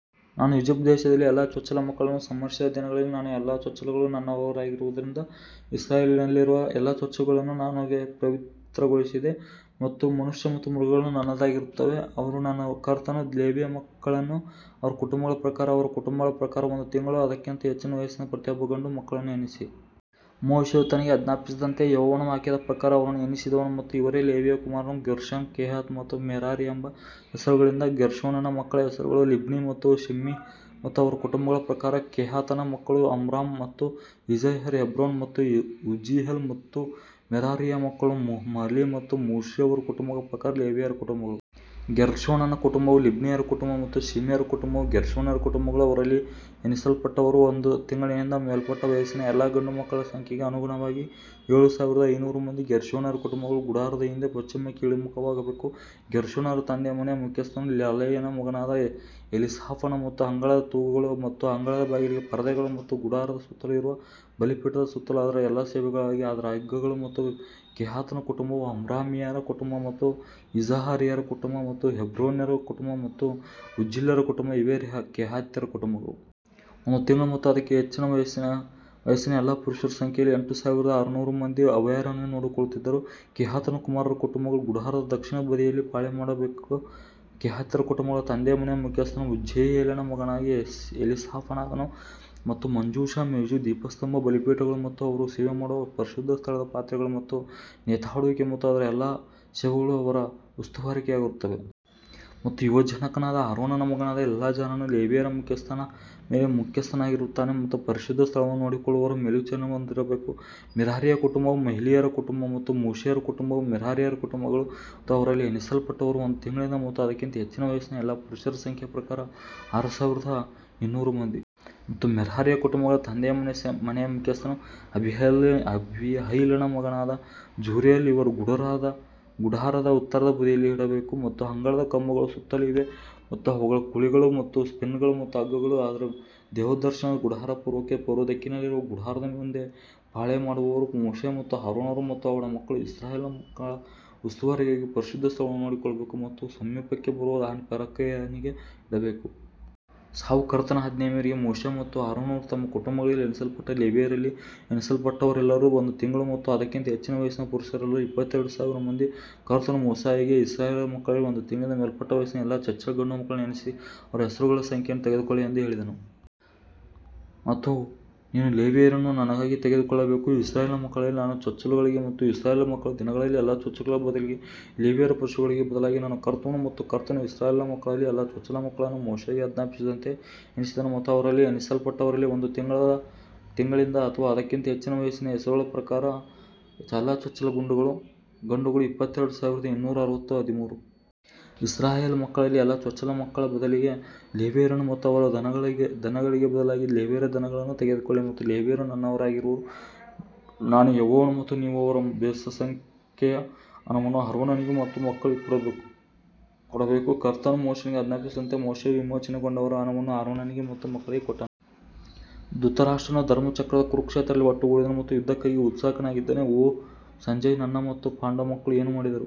ನಾನು ಈಜಿಪ್ಟ್ ದೇಶದಲ್ಲಿ ಎಲ್ಲಾ ಚೊಚ್ಚಲ ಮಕ್ಕಳನ್ನು ಸಂಹರಿಸಿದ ದಿನದಲ್ಲಿ ನಾನು ಎಲ್ಲಾ ಚೊಚ್ಚಲುಗಳು ನನ್ನವರಾಗಿರುವದರಿಂದ ಇಸ್ರಾಯೇಲಿನಲ್ಲಿರುವ ಎಲ್ಲಾ ಚೊಚ್ಚಲುಗಳನ್ನು ನನಗೆ ಪವಿತ್ರಗೊಳಿಸಿದೆ ಮತ್ತು ಮನುಷ್ಯ ಮತ್ತು ಮೃಗಗಳು ನನ್ನದಾಗಿರುತ್ತವೆ, ಅವರು ನಾನು ಕರ್ತನು. ಲೇವಿಯ ಮಕ್ಕಳನ್ನು ಅವರ ಕುಟುಂಬಗಳ ಪ್ರಕಾರ ಅವರ ಕುಟುಂಬಗಳ ಪ್ರಕಾರ ಒಂದು ತಿಂಗಳು ಮತ್ತು ಅದಕ್ಕಿಂತ ಹೆಚ್ಚಿನ ವಯಸ್ಸಿನ ಪ್ರತಿಯೊಬ್ಬ ಗಂಡು ಮಕ್ಕಳನ್ನು ಎಣಿಸಿ. ಮೋಶೆಯು ತನಗೆ ಆಜ್ಞಾಪಿಸಿದಂತೆಯೇ ಯೆಹೋವನ ವಾಕ್ಯದ ಪ್ರಕಾರ ಅವರನ್ನು ಎಣಿಸಿದನು ಮತ್ತು ಇವರೇ ಲೇವಿಯ ಕುಮಾರರು ಗೇರ್ಷೋನ್, ಕೆಹಾತ್ ಮತ್ತು ಮೆರಾರಿ ಎಂಬ ಹೆಸರುಗಳಿಂದ ಮತ್ತು ಗೇರ್ಷೋನನ ಮಕ್ಕಳ ಹೆಸರುಗಳು ಲಿಬ್ನಿ ಮತ್ತು ಶಿಮ್ಮೀ ಮತ್ತು ಅವರ ಕುಟುಂಬಗಳ ಪ್ರಕಾರ ಕೆಹಾತನ ಮಕ್ಕಳು ಅಮ್ರಾಮ್ ಮತ್ತು ಇಜೆಹರ್ ಹೆಬ್ರೋನ್ ಮತ್ತು ಉಜ್ಜೀಯೇಲ್ ಮತ್ತು ಮೆರಾರಿಯ ಮಕ್ಕಳು ಮಹ್ಲಿ ಮತ್ತು ಮೂಷಿ ಅವರ ಕುಟುಂಬಗಳ ಪ್ರಕಾರ ಲೇವಿಯರ ಕುಟುಂಬಗಳು. ಗೇರ್ಷೋನನ ಕುಟುಂಬವು ಲಿಬ್ನಿಯರ ಕುಟುಂಬ ಮತ್ತು ಶಿಮಿಯರ ಕುಟುಂಬವು ಗೇರ್ಷೋನ್ಯರ ಕುಟುಂಬಗಳು. ಅವರಲ್ಲಿ ಎಣಿಸಲ್ಪಟ್ಟವರು ಒಂದು ತಿಂಗಳಿನಿಂದ ಮೇಲ್ಪಟ್ಟ ವಯಸ್ಸಿನ ಎಲ್ಲಾ ಗಂಡುಮಕ್ಕಳ ಸಂಖ್ಯೆಗೆ ಅನುಗುಣವಾಗಿ ಏಳು ಸಾವಿರದ ಐನೂರು ಮಂದಿ. ಗೇರ್ಷೋನ್ಯರ ಕುಟುಂಬಗಳು ಗುಡಾರದ ಹಿಂದೆ ಪಶ್ಚಿಮಕ್ಕೆ ಇಳಿಮುಖವಾಗಬೇಕು ಗೇರ್ಷೋನ್ಯರ ತಂದೆಯ ಮನೆಯ ಮುಖ್ಯಸ್ಥನು ಲಾಯೇಲನ ಮಗನಾದ ಎಲೀಸಾಫನು ಮತ್ತು ಅಂಗಳದ ತೂಗುಗಳು ಮತ್ತು ಅಂಗಳದ ಬಾಗಿಲಿಗೆ ಪರದೆಗಳು ಮತ್ತು ಗುಡಾರದ ಸುತ್ತಲೂ ಇರುವ ಬಲಿಪೀಠದ ಸುತ್ತಲೂ ಅದರ ಎಲ್ಲಾ ಸೇವೆಗಾಗಿ ಅದರ ಹಗ್ಗಗಳು ಮತ್ತು ಕೆಹಾತನ ಕುಟುಂಬವು ಅಮ್ರಾಮಿಯರ ಕುಟುಂಬ ಮತ್ತು ಇಜೆಹಾರಿಯರ ಕುಟುಂಬ ಮತ್ತು ಹೆಬ್ರೋನ್ಯರ ಕುಟುಂಬ ಮತ್ತು ಉಜ್ಜೀಲ್ಯರ ಕುಟುಂಬ ಇವೇ ಕೆಹಾತ್ಯರ ಕುಟುಂಬಗಳು. ಒಂದು ತಿಂಗಳು ಮತ್ತು ಅದಕ್ಕಿಂತ ಹೆಚ್ಚಿನ ವಯಸ್ಸಿನ ಎಲ್ಲಾ ಪುರುಷರ ಸಂಖ್ಯೆಯಲ್ಲಿ ಎಂಟು ಸಾವಿರದ ಆರು ನೂರು ಮಂದಿ ಅಭಯಾರಣ್ಯವನ್ನು ನೋಡಿಕೊಳ್ಳುತ್ತಿದ್ದರು. ಕೆಹಾತನ ಕುಮಾರರ ಕುಟುಂಬಗಳು ಗುಡಾರದ ದಕ್ಷಿಣದ ಬದಿಯಲ್ಲಿ ಪಾಳೆಯಮಾಡಬೇಕು ಕೆಹಾತ್ಯರ ಕುಟುಂಬಗಳ ತಂದೆಯ ಮನೆಯ ಮುಖ್ಯಸ್ಥನು ಉಜ್ಜೀಯೇಲನ ಮಗನಾದ ಎಲೀಸಾಫಾನನು. ಮತ್ತು ಮಂಜೂಷ, ಮೇಜು, ದೀಪಸ್ತಂಭ, ಬಲಿಪೀಠಗಳು ಮತ್ತು ಅವರು ಸೇವೆ ಮಾಡುವ ಪರಿಶುದ್ಧ ಸ್ಥಳದ ಪಾತ್ರೆಗಳು ಮತ್ತು ನೇತಾಡುವಿಕೆ ಮತ್ತು ಅದರ ಎಲ್ಲಾ ಸೇವೆಗಳು ಅವರ ಉಸ್ತುವಾರಿಯಾಗಿರುತ್ತವೆ. ಮತ್ತು ಯಾಜಕನಾದ ಆರೋನನ ಮಗನಾದ ಎಲ್ಲಾಜಾರನು ಲೇವಿಯರ ಮುಖ್ಯಸ್ಥನ ಮೇಲೆ ಮುಖ್ಯಸ್ಥನಾಗಿರುತ್ತಾನೆ ಮತ್ತು ಪರಿಶುದ್ಧ ಸ್ಥಳವನ್ನು ನೋಡಿಕೊಳ್ಳುವವರ ಮೇಲ್ವಿಚಾರಣೆಯನ್ನು ಹೊಂದಿರಬೇಕು. ಮೆರಾರಿಯ ಕುಟುಂಬವು ಮಹ್ಲೀಯರ ಕುಟುಂಬ ಮತ್ತು ಮೂಷಿಯರ ಕುಟುಂಬವು ಮೆರಾರಿಯ ಕುಟುಂಬಗಳು. ಮತ್ತು ಅವರಲ್ಲಿ ಎಣಿಸಲ್ಪಟ್ಟವರು ಒಂದು ತಿಂಗಳಿನಿಂದ ಮತ್ತು ಅದಕ್ಕಿಂತ ಹೆಚ್ಚಿನ ವಯಸ್ಸಿನ ಎಲ್ಲಾ ಪುರುಷರ ಸಂಖ್ಯೆಯ ಪ್ರಕಾರ ಆರು ಸಾವಿರದ ಇನ್ನೂರು ಮಂದಿ. ಮತ್ತು ಮೆರಾರಿಯ ಕುಟುಂಬಗಳ ತಂದೆಯ ಮನೆಯ ಮುಖ್ಯಸ್ಥನು ಅಬೀಹೈಲನ ಮಗನಾದ ಜುರಿಯಲ್, ಇವರು ಗುಡಾರದ ಉತ್ತರದ ಬದಿಯಲ್ಲಿ ಇಡಬೇಕು. ಮತ್ತು ಅಂಗಳದ ಕಂಬಗಳು ಸುತ್ತಲೂ ಇವೆ ಮತ್ತು ಅವುಗಳ ಕುಳಿಗಳು ಮತ್ತು ಪಿನ್ಗಳು ಮತ್ತು ಹಗ್ಗಗಳು ಆದರೆ ದೇವದರ್ಶನದ ಗುಡಾರದ ಪೂರ್ವಕ್ಕೆ ಪೂರ್ವದಿಕ್ಕಿನಲ್ಲಿರುವ ಗುಡಾರದ ಮುಂದೆ ಪಾಳೆಯಮಾಡುವವರು ಮೋಶೆ ಮತ್ತು ಆರೋನರು ಮತ್ತು ಅವನ ಮಕ್ಕಳು ಇಸ್ರಾಯೇಲ್ ಮಕ್ಕಳ ಉಸ್ತುವಾರಿಗಾಗಿ ಪರಿಶುದ್ಧ ಸ್ಥಳವನ್ನು ನೋಡಿಕೊಳ್ಳಬೇಕು ಮತ್ತು ಸಮೀಪಕ್ಕೆ ಬರುವ ಪರಕೀಯನಿಗೆ ಇಡಬೇಕು. ಸಾವು ಕರ್ತನ ಆಜ್ಞೆಯ ಮೇರೆಗೆ ಮೋಶೆ ಮತ್ತು ಆರೋನರು ತಮ್ಮ ಕುಟುಂಬಗಳಲ್ಲಿ ಎಣಿಸಲ್ಪಟ್ಟ ಲೇವಿಯರಲ್ಲಿ ಎಣಿಸಲ್ಪಟ್ಟವರೆಲ್ಲರೂ ಒಂದು ತಿಂಗಳು ಮತ್ತು ಅದಕ್ಕಿಂತ ಹೆಚ್ಚಿನ ವಯಸ್ಸಿನ ಪುರುಷರೆಲ್ಲರೂ ಇಪ್ಪತ್ತೆರಡು ಸಾವಿರ ಮಂದಿ. ಕರ್ತನು ಮೋಶೆಗೆ ಇಸ್ರಾಯೇಲ್ ಮಕ್ಕಳಲ್ಲಿ ಒಂದು ತಿಂಗಳಿಂದ ಮೇಲ್ಪಟ್ಟ ವಯಸ್ಸಿನ ಎಲ್ಲಾ ಚೊಚ್ಚಲ ಗಂಡುಮಕ್ಕಳನ್ನು ಎಣಿಸಿ ಅವರ ಹೆಸರುಗಳ ಸಂಖ್ಯೆಯನ್ನು ತೆಗೆದುಕೊಳ್ಳಿ ಎಂದು ಹೇಳಿದನು. ಮತ್ತು ನೀನು ಲೇವಿಯರನ್ನು ನನಗಾಗಿ ತೆಗೆದುಕೊಳ್ಳಬೇಕು, ಇಸ್ರಾಯೇಲ್ ಮಕ್ಕಳಲ್ಲಿ ಎಲ್ಲಾ ಚೊಚ್ಚಲುಗಳಿಗೆ ಮತ್ತು ಇಸ್ರಾಯೇಲ್ ಮಕ್ಕಳ ದನಗಳಲ್ಲಿ ಎಲ್ಲಾ ಚೊಚ್ಚಲುಗಳ ಬದಲಿಗೆ ಲೇವಿಯರ ಪಶುಗಳಿಗೆ ಬದಲಾಗಿ ನಾನು ಕರ್ತನು. ಮತ್ತು ಕರ್ತನು ಇಸ್ರಾಯೇಲ್ ಮಕ್ಕಳಲ್ಲಿ ಎಲ್ಲಾ ಚೊಚ್ಚಲ ಮಕ್ಕಳನ್ನು ಮೋಶೆಗೆ ಆಜ್ಞಾಪಿಸಿದಂತೆಯೇ ಎಣಿಸಿದನು ಮತ್ತು ಅವರಲ್ಲಿ ಎಣಿಸಲ್ಪಟ್ಟವರಲ್ಲಿ ಒಂದು ತಿಂಗಳಿಂದ ಮತ್ತು ಅದಕ್ಕಿಂತ ಹೆಚ್ಚಿನ ವಯಸ್ಸಿನ ಹೆಸರುಗಳ ಪ್ರಕಾರ ಎಲ್ಲಾ ಚೊಚ್ಚಲ ಗಂಡುಗಳು ಇಪ್ಪತ್ತೆರಡು ಸಾವಿರದ ಇನ್ನೂರ ಅರವತ್ತು ಹದಿಮೂರು. ಇಸ್ರಾಯೇಲ್ ಮಕ್ಕಳಲ್ಲಿ ಎಲ್ಲಾ ಚೊಚ್ಚಲ ಮಕ್ಕಳ ಬದಲಿಗೆ ಲೇವಿಯರನ್ನು ಮತ್ತು ಅವರ ದನಗಳಿಗೆ ಬದಲಾಗಿ ಲೇವಿಯರ ದನಗಳನ್ನು ತೆಗೆದುಕೊಳ್ಳಿ ಮತ್ತು ಲೇವಿಯರು ನನ್ನವರಾಗಿರುವರು, ನಾನು ಯೆಹೋವನು ಮತ್ತು ನೀವು ಅವರ ಬೆಸ ಸಂಖ್ಯೆಯ ಹಣವನ್ನು ಆರೋನನಿಗೂ ಅವನ ಮಕ್ಕಳಿಗೂ ಕೊಡಬೇಕು. ಕರ್ತನು ಮೋಶೆಗೆ ಆಜ್ಞಾಪಿಸಿದಂತೆ ಮೋಶೆಯು ವಿಮೋಚನೆಗೊಂಡವರ ಹಣವನ್ನು ಆರೋನನಿಗೂ ಅವನ ಮಕ್ಕಳಿಗೂ ಕೊಟ್ಟನು. ಧೃತರಾಷ್ಟ್ರನು ಧರ್ಮಕ್ಷೇತ್ರದ ಕುರುಕ್ಷೇತ್ರದಲ್ಲಿ ಒಟ್ಟುಗೂಡಿದನು ಮತ್ತು ಯುದ್ಧಕ್ಕಾಗಿ ಉತ್ಸುಕನಾಗಿದ್ದೇನೆ ಓ ಸಂಜಯ್ ನನ್ನ ಮತ್ತು ಪಾಂಡು ಮಕ್ಕಳು ಏನು ಮಾಡಿದರು.